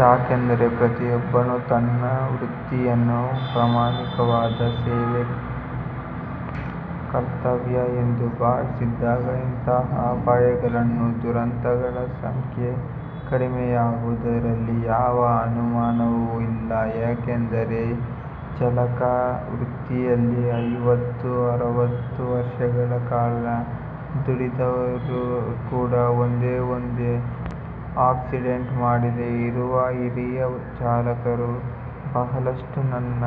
ಯಾಕೆಂದರೆ ಪ್ರತಿಯೊಬ್ಬನೂ ತನ್ನ ವೃತ್ತಿಯನ್ನು ಪ್ರಾಮಾಣಿಕವಾದ ಸೇವೆ, ಕರ್ತವ್ಯ ಎಂದು ಭಾವಿಸಿದಾಗ ಇಂತಹ ಅಪಾಯಗಳು, ದುರಂತಗಳ ಸಂಖ್ಯೆ ಕಡಿಮೆಯಾಗುವುದರಲ್ಲಿ ಯಾವ ಅನುಮಾನವೂ ಇಲ್ಲ. ಯಾಕೆಂದರೆ ಚಾಲಕ ವೃತ್ತಿಯಲ್ಲಿ ಐವತ್ತು, ಅರವತ್ತು ವರ್ಷಗಳ ಕಾಲ ದುಡಿದವರು ಕೂಡಾ ಒಂದೇ ಒಂದು ಆಕ್ಸಿಡೆಂಟ್ ಮಾಡದೆ ಇರುವ ಹಿರಿಯ ಚಾಲಕರು ಬಹಳಷ್ಟು ನನ್ನ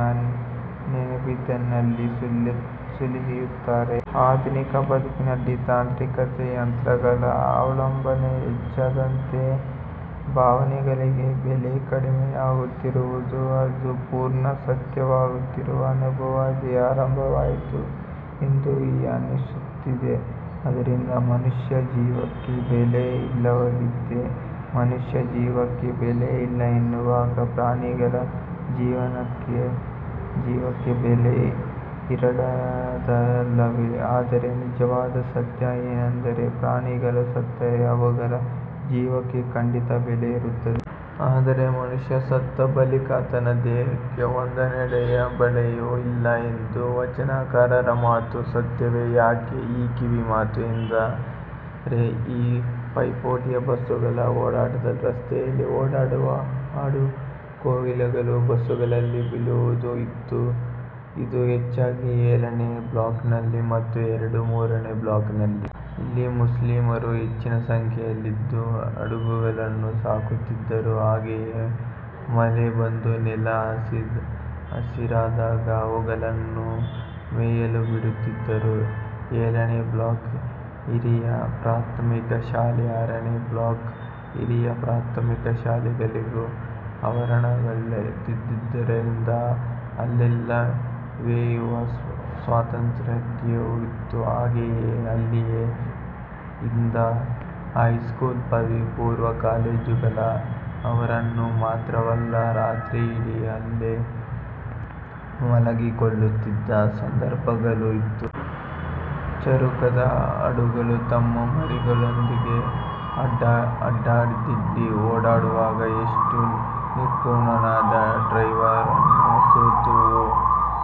ನೆನಪಿನಲ್ಲಿ ಸುಳಿಯುತ್ತಾರೆ. ಆಧುನಿಕ ಬದುಕಿನಲ್ಲಿ ತಾಂತ್ರಿಕತೆ, ಯಂತ್ರಗಳ ಅವಲಂಬನೆ ಹೆಚ್ಚಾದಂತೆ ಭಾವನೆಗಳಿಗೆ ಬೆಲೆ ಕಡಿಮೆಯಾಗುತ್ತಿರುವುದು ಇಂದು ಪೂರ್ಣ ಸತ್ಯವಾಗುತ್ತಿರುವ ಅನುಭವ ಅಂದೇ ಆರಂಭವಾಯಿತು ಎಂದು ಈಗ ಅನ್ನಿಸುತ್ತಿದೆ. ಆದ್ದರಿಂದ ಮನುಷ್ಯ ಜೀವಕ್ಕೆ ಬೆಲೆ ಇಲ್ಲವಾಗಿದೆ. ಮನುಷ್ಯ ಜೀವಕ್ಕೆ ಬೆಲೆ ಇಲ್ಲ ಎನ್ನುವಾಗ ಪ್ರಾಣಿಗಳ ಜೀವಕ್ಕೆ ಬೆಲೆ ಇರಲಾರದಲ್ಲವೇ ಆದರೆ ನಿಜವಾದ ಸತ್ಯ ಏನೆಂದರೆ ಪ್ರಾಣಿಗಳು ಸತ್ತರೆ ಅವುಗಳ ಜೀವಕ್ಕೆ ಖಂಡಿತಾ ಬೆಲೆ ಇರುತ್ತದೆ. ಆದರೆ ಮನುಷ್ಯ ಸತ್ತ ಬಳಿಕ ಆತನ ದೇಹಕ್ಕೆ ಒಂದಡಕೆಯ ಬೆಲೆಯೂ ಇಲ್ಲ ಎಂದ ವಚನಕಾರರ ಮಾತು ಸತ್ಯವೇ ಯಾಕೆ ಈ ಕಿವಿಮಾತು ಎಂದರೆ ಈ ಪೈಪೋಟಿಯ ಬಸ್ಸುಗಳ ಓಡಾಟದಲ್ಲಿ ರಸ್ತೆಯಲ್ಲಿ ಓಡಾಡುವ ಆಡು, ಕೋಳಿಗಳು ಬಸ್ಸುಗಳಡಿ ಬೀಳುವುದೂ ಇತ್ತು. ಇದು ಹೆಚ್ಚಾಗಿ ಏಳನೆ ಬ್ಲಾಕ್ನಲ್ಲಿ ಮತ್ತು ಎರಡು, ಮೂರನೆ ಬ್ಲಾಕ್ನಲ್ಲಿ. ಇಲ್ಲಿ ಮುಸ್ಲಿಮರು ಹೆಚ್ಚಿನ ಸಂಖ್ಯೆಯಲ್ಲಿದ್ದು ಆಡುಗಳನ್ನು ಸಾಕುತ್ತಿದ್ದರು. ಹಾಗೆಯೇ ಮಳೆ ಬಂದು ನೆಲ ಹಸಿರಾದಾಗ ಅವುಗಳನ್ನು ಮೇಯಲು ಬಿಡುತ್ತಿದ್ದರು. ಏಳನೆ ಬ್ಲಾಕ್ನ ಹಿರಿಯ ಪ್ರಾಥಮಿಕ ಶಾಲೆ, ಆರನೆ ಬ್ಲಾಕ್ನ ಹಿರಿಯ ಪ್ರಾಥಮಿಕ ಶಾಲೆಗಳಿಗೆ ಆವರಣಗಳಿಲ್ಲದಿದ್ದುದರಿಂದ ಅಲ್ಲೆಲ್ಲಾ ಮೇಯುವ ಸ್ವಾತಂತ್ತ್ರ್ಯವಿತ್ತು. ಹಾಗೆಯೇ ಅಲ್ಲಿಯೇ ಇದ್ದ ಹೈಸ್ಕೂಲ್, ಪದವಿ ಪೂರ್ವ ಕಾಲೇಜುಗಳ ಆವರಣ ಮಾತ್ರವಲ್ಲ, ರಾತ್ರಿಯಿಡೀ ಅಲ್ಲೇ ಮಲಗಿಕೊಳ್ಳುತ್ತಿದ್ದ ಸಂದರ್ಭಗಳೂ ಇತ್ತು. ಚುರುಕಾದ ಆಡುಗಳು ತಮ್ಮ ಮರಿಗಳೊಂದಿಗೆ ಅಡ್ಡಾದಿಡ್ಡಿ ಓಡಾಡುವಾಗ ಎಷ್ಟು ನಿಪುಣನಾದ ಡ್ರೈವರನೂ ಸೋತು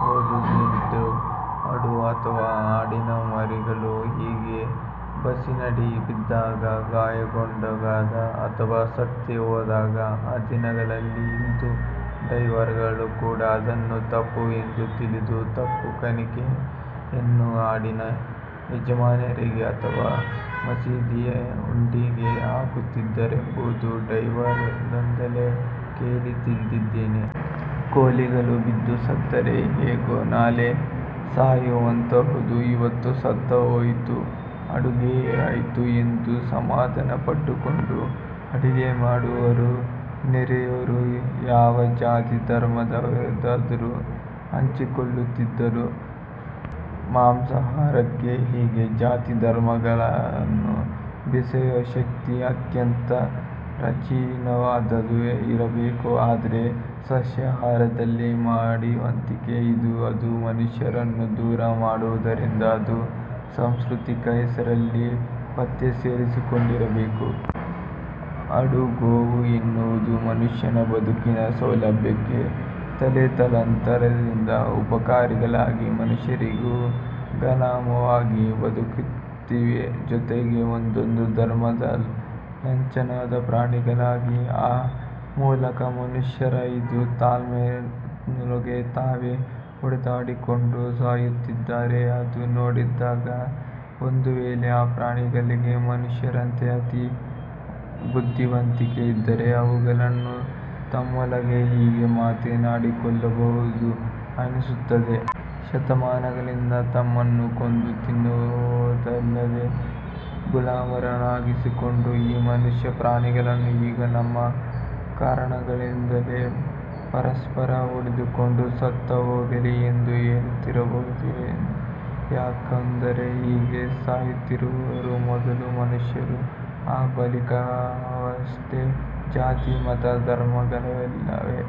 ಹೋದುದುಂಟು. ಆಡು ಅಥವಾ ಆಡಿನ ಮರಿಗಳು ಹೀಗೆ ಬಸ್ಸಿನಡಿ ಬಿದ್ದಾಗ, ಗಾಯಗೊಂಡಾಗ ಅಥವಾ ಸತ್ತೇ ಹೋದಾಗ ಆ ದಿನಗಳಲ್ಲಿ ಹಿಂದೂ ಡ್ರೈವರ್ಗಳು ಕೂಡಾ ಅದನ್ನು ತಪ್ಪು ಎಂದು ತಿಳಿದು 'ತಪ್ಪು ಕಾಣಿಕೆ'ಯನ್ನು ಆಡಿನ ಯಜಮಾನರಿಗೆ ಅಥವಾ ಮಸೀದಿಯ ಹುಂಡಿಗೆ ಹಾಕುತ್ತಿದ್ದರೆಂಬುದನ್ನು ಡ್ರೈವರ್ರಿಂದಲೇ ಕೇಳಿ ತಿಳಿದಿದ್ದೇನೆ. ಕೋಳಿಗಳು ಬಿದ್ದು ಸತ್ತರೆ ಹೇಗೂ ನಾಳೆ ಸಾಯುವಂತಹುದು ಇವತ್ತು ಸತ್ತು ಹೋಯಿತು. ಅಡುಗೆಗಾಯ್ತು ಎಂದು ಸಮಾಧಾನಪಟ್ಟುಕೊಂಡು ಅಡುಗೆ ಮಾಡಿದವರು ನೆರೆಯವರು ಯಾವ ಜಾತಿ, ಧರ್ಮದವರಾದರೂ ಹಂಚಿಕೊಳ್ಳುತ್ತಿದ್ದರು. ಮಾಂಸಾಹಾರಕ್ಕೆ ಹೀಗೆ ಜಾತಿ ಧರ್ಮಗಳನ್ನು ಬೆಸೆಯುವ ಶಕ್ತಿ ಅತ್ಯಂತ ಪ್ರಾಚೀನವಾದುದೇ ಇರಬೇಕು. ಆದರೆ ಸಸ್ಯಾಹಾರದಲ್ಲಿ ಮಡಿವಂತಿಕೆ ಇದ್ದು, ಅದು ಮನುಷ್ಯರನ್ನು ದೂರ ಮಾಡುವುದರಿಂದ ಅದು ಸಂಸ್ಕೃತಿಯ ಹೆಸರಲ್ಲಿ ಮತ್ತೆ ಸೇರಿಕೊಂಡಿರಬೇಕು. ಆಡು, ಗೋವು ಎನ್ನುವುದು ಮನುಷ್ಯನ ಬದುಕಿನ ಸೌಲಭ್ಯಕ್ಕೆ ತಲೆತಲಾಂತರದಿಂದ ಉಪಕಾರಿಗಳಾಗಿ ಮನುಷ್ಯರಿಗೆ ಗುಲಾಮವಾಗಿ ಬದುಕುತ್ತಿವೆ. ಜೊತೆಗೆ ಒಂದೊಂದು ಧರ್ಮದ ಲಾಂಛನದ ಪ್ರಾಣಿಗಳಾಗಿ ಆ ಮೂಲಕ ಮನುಷ್ಯರು ಇಂದು ತಮ್ಮೊಳಗೆ ತಾವೇ ಹೊಡೆದಾಡಿಕೊಂಡು ಸಾಯುತ್ತಿದ್ದಾರೆ. ಇದನ್ನು ನೋಡಿದಾಗ ಒಂದು ವೇಳೆ ಆ ಪ್ರಾಣಿಗಳಿಗೆ ಮನುಷ್ಯರಂತೆ ಅತೀ ಬುದ್ಧಿವಂತಿಕೆ ಇದ್ದರೆ ಅವುಗಳು ತಮ್ಮೊಳಗೆ ಹೀಗೆ ಮಾತಾಡಿಕೊಳ್ಳಬಹುದು ಅನ್ನಿಸುತ್ತದೆ. ''ಶತಮಾನಗಳಿಂದ ನಮ್ಮನ್ನು ಕೊಂದು ತಿನ್ನುವುದಲ್ಲದೆ, ಗುಲಾಮರನ್ನಾಗಿಸಿಕೊಂಡ ಈ ಮನುಷ್ಯ ಪ್ರಾಣಿಗಳು ಈಗ ನಮ್ಮ ಕಾರಣಗಳಿಂದಲೇ ಪರಸ್ಪರ ಹೊಡೆದುಕೊಂಡು ಸತ್ತು ಹೋಗಲಿ'' ಎಂದು ಹೇಳುತ್ತಿರಬಹುದೇ ಯಾಕೆಂದರೆ ಹೀಗೆ ಸಾಯುತ್ತಿರುವವರು ಮೊದಲು ಮನುಷ್ಯರು, ಆ ಬಳಿಕವಷ್ಟೇ ಜಾತಿ, ಮತ, ಧರ್ಮಗಳಲ್ಲವೇ.